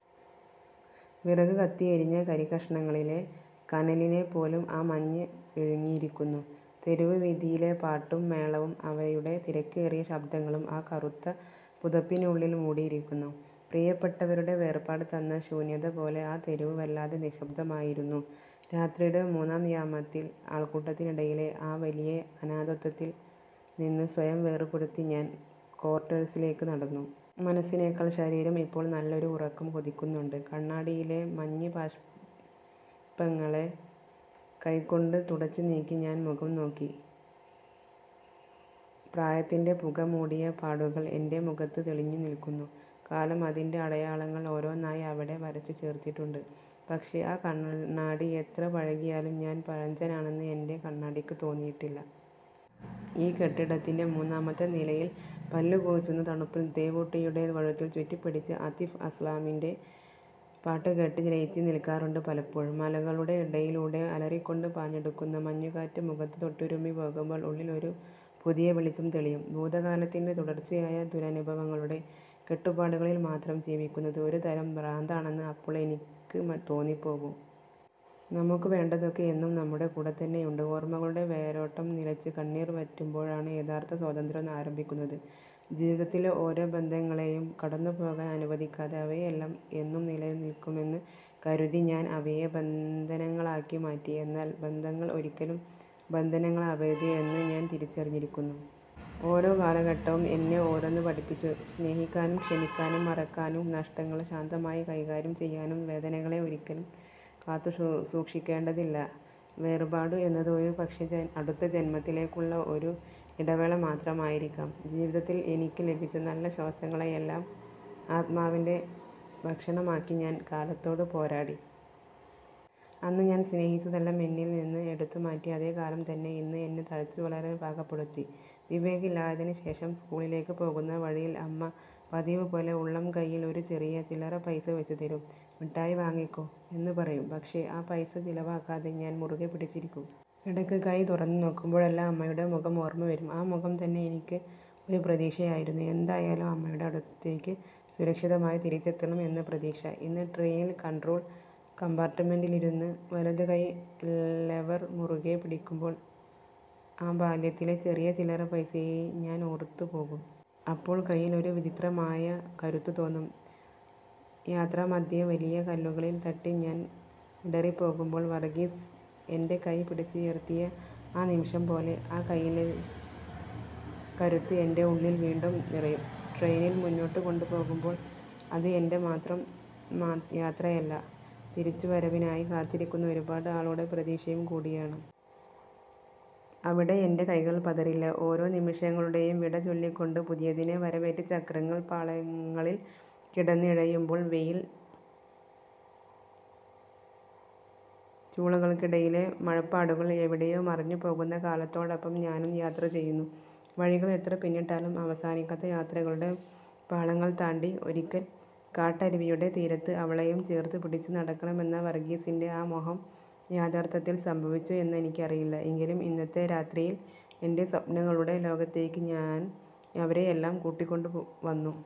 വിറക് കത്തിയെരിഞ്ഞ കരിക്കഷണങ്ങളിലെ കനലിനെപ്പോലും ആ മഞ്ഞ് വിഴുങ്ങിയിരിക്കുന്നു. തെരുവ് വീഥിയിലെ പാട്ടും മേളവും, അവയുടെ തിരക്കേറിയ ശബ്ദങ്ങളും ആ കറുത്ത പുതപ്പിനുള്ളിൽ മൂടിയിരിക്കുന്നു. പ്രിയപ്പെട്ടവരുടെ വേർപാട് തന്ന ശൂന്യത പോലെ ആ തെരുവ് വല്ലാതെ നിശബ്ദമായിരുന്നു. രാത്രിയുടെ മൂന്നാം യാമത്തിൽ, ആൾക്കൂട്ടത്തിനിടയിലെ ആ വലിയ അനാഥത്വത്തിൽ നിന്ന് സ്വയം വേർപെടുത്തി ഞാൻ ക്വാർട്ടേഴ്സിലേക്ക് നടന്നു. മനസ്സിനേക്കാൾ ശരീരം ഇപ്പോൾ നല്ലൊരു ഉറക്കം കൊതിക്കുന്നുണ്ട്. കണ്ണാടിയിലെ മഞ്ഞ് ബാഷ്പങ്ങളെ കൈകൊണ്ട് തുടച്ചുനീക്കി ഞാൻ മുഖം നോക്കി. പ്രായത്തിന്റെ പുക മൂടിയ പാടുകൾ എൻറെ മുഖത്ത് തെളിഞ്ഞു നിൽക്കുന്നു. കാലം അതിൻ്റെ അടയാളങ്ങൾ ഓരോന്നായി അവിടെ വരച്ചു ചേർത്തിട്ടുണ്ട്. പക്ഷേ, ആ കണ്ണാടി എത്ര പഴകിയാലും ഞാൻ പഴഞ്ചനാണെന്ന് എൻറെ കണ്ണാടിക്ക് തോന്നിയിട്ടില്ല. ഈ കെട്ടിടത്തിന്റെ മൂന്നാമത്തെ നിലയിൽ, പല്ല് കോച്ചുന്ന തണുപ്പിൽ ദേവൂട്ടിയുടെ കഴുത്തിൽ ചുറ്റിപ്പിടിച്ച് ആതിഫ് അസ്ലാമിന്റെ പാട്ട് കേട്ട് ലയിച്ച് നിൽക്കാറുണ്ട് പലപ്പോഴും. മലകളുടെ ഇടയിലൂടെ അലറിക്കൊണ്ട് പാഞ്ഞടുക്കുന്ന മഞ്ഞുകാറ്റ് മുഖത്ത് തൊട്ടുരുമ്മി പോകുമ്പോൾ ഉള്ളിൽ ഒരു പുതിയ വെളിച്ചം തെളിയും. ഭൂതകാലത്തിന്റെ തുടർച്ചയായ ദുരനുഭവങ്ങളുടെ കെട്ടുപാടുകളിൽ മാത്രം ജീവിക്കുന്നത് ഒരു തരം ഭ്രാന്താണെന്ന് അപ്പോൾ എനിക്ക് തോന്നിപ്പോവും. നമുക്ക് വേണ്ടതൊക്കെ എന്നും നമ്മുടെ കൂടെത്തന്നെയുണ്ട്. ഓർമ്മകളുടെ വേരോട്ടം നിലച്ച്, കണ്ണീർ വറ്റുമ്പോഴാണ് യഥാർത്ഥ സ്വാതന്ത്ര്യം ആരംഭിക്കുന്നത്. ജീവിതത്തിലെ ഓരോ ബന്ധങ്ങളെയും കടന്നുപോകാൻ അനുവദിക്കാതെ, അവയെല്ലാം എന്നും നിലനിൽക്കുമെന്ന് കരുതി ഞാൻ അവയെ ബന്ധനങ്ങളാക്കി മാറ്റി. എന്നാൽ ബന്ധങ്ങൾ ഒരിക്കലും ബന്ധനങ്ങളാവരുത് എന്ന് ഞാൻ തിരിച്ചറിഞ്ഞിരിക്കുന്നു. ഓരോ കാലഘട്ടവും എന്നെ ഓരോന്ന് പഠിപ്പിച്ചു, സ്നേഹിക്കാനും, ക്ഷമിക്കാനും, മറക്കാനും, നഷ്ടങ്ങളെ ശാന്തമായി കൈകാര്യം ചെയ്യാനും. വേദനകളെ ഒരിക്കലും കാത്തുസൂക്ഷിക്കേണ്ടതില്ല. വേർപാട് എന്നത് ഒരുപക്ഷേ അടുത്ത ജന്മത്തിലേക്കുള്ള ഒരു ഇടവേള മാത്രമായിരിക്കാം. ജീവിതത്തിൽ എനിക്ക് ലഭിച്ച നല്ല ശ്വാസങ്ങളെയെല്ലാം ആത്മാവിന്റെ ഭക്ഷണമാക്കി ഞാൻ കാലത്തോട് പോരാടി. അന്ന് ഞാൻ സ്നേഹിച്ചതെല്ലാം എന്നിൽ നിന്ന് എടുത്തുമാറ്റിയ അതേ കാലം തന്നെ, ഇന്ന് എന്നെ തഴച്ചുവളരാൻ പാകപ്പെടുത്തി. വിവേക് ഇല്ലാതായതിന് ശേഷം സ്കൂളിലേക്ക് പോകുന്ന വഴിയിൽ അമ്മ പതിവുപോലെ ഉള്ളംകൈയിൽ ഒരു ചെറിയ ചില്ലറപൈസ വെച്ചുതരും. "മിഠായി വാങ്ങിക്കോ," എന്ന് പറയും. പക്ഷേ ആ പൈസ ചിലവാക്കാതെ ഞാൻ മുറുകെ പിടിച്ചിരിക്കും. ഇടയ്ക്ക് കൈ തുറന്ന് നോക്കുമ്പോഴെല്ലാം അമ്മയുടെ മുഖം ഓർമ്മ വരും. ആ മുഖം തന്നെ എനിക്ക് ഒരു പ്രതീക്ഷയായിരുന്നു, എന്തായാലും അമ്മയുടെ അടുത്തേക്ക് സുരക്ഷിതമായി തിരിച്ചെത്തണം എന്ന പ്രതീക്ഷ. ഇന്ന് ട്രെയിനിൽ കൺട്രോൾ കമ്പാർട്ട്മെന്റിലിരുന്ന് വലതുകൈ ലെവർ മുറുകെ പിടിക്കുമ്പോൾ, ആ ബാല്യത്തിലെ ചെറിയ ചില്ലറപൈസയെ ഞാൻ ഓർത്തു പോകും. അപ്പോൾ കയ്യിൽ ഒരു വിചിത്രമായ കരുത്ത് തോന്നും. യാത്രാമദ്ധ്യേ വലിയ കല്ലുകളിൽ തട്ടി ഞാൻ ഇടറിപ്പോകുമ്പോൾ വർഗീസ് എന്റെ കൈ പിടിച്ചുയർത്തിയ ആ നിമിഷം പോലെ, ആ കൈയിലെ കരുത്ത് എന്റെ ഉള്ളിൽ വീണ്ടും നിറയും. ട്രെയിൻ മുന്നോട്ട് കൊണ്ടുപോകുമ്പോൾ അത് എന്റെ മാത്രം യാത്രയല്ല, തിരിച്ചുവരവിനായി കാത്തിരിക്കുന്ന ഒരുപാട് ആളുകളുടെ പ്രതീക്ഷയും കൂടിയാണ്. അവിടെ എന്റെ കൈകൾ പതറില്ല. ഓരോ നിമിഷങ്ങളെയും വിട ചൊല്ലിക്കൊണ്ട് പുതിയതിനെ വരവേറ്റ് ചക്രങ്ങൾ പാളങ്ങളിൽ കിടന്ന് ഇഴയുമ്പോൾ, വെയിൽ ചൂളകൾക്കിടയിലെ മഴപ്പാടുകൾ എവിടെയോ മറഞ്ഞു പോകുന്ന കാലത്തോടൊപ്പം ഞാനും യാത്ര ചെയ്യുന്നു; വഴികൾ എത്ര പിന്നിട്ടാലും അവസാനിക്കാത്ത യാത്രകളുടെ പാളങ്ങൾ താണ്ടി... ഒരിക്കൽ കാട്ടരുവിയുടെ തീരത്ത് അവളെയും ചേർത്തുപിടിച്ച് നടക്കണമെന്ന വർഗീസിന്റെ ആ മോഹം യാഥാർത്ഥ്യത്തിൽ സംഭവിച്ചോ എന്നെനിക്കറിയില്ല. എങ്കിലും, ഇന്നത്തെ രാത്രിയിൽ എന്റെ സ്വപ്നങ്ങളുടെ ലോകത്തേക്ക് ഞാൻ അവരെയെല്ലാം കൂട്ടിക്കൊണ്ടുവന്നു.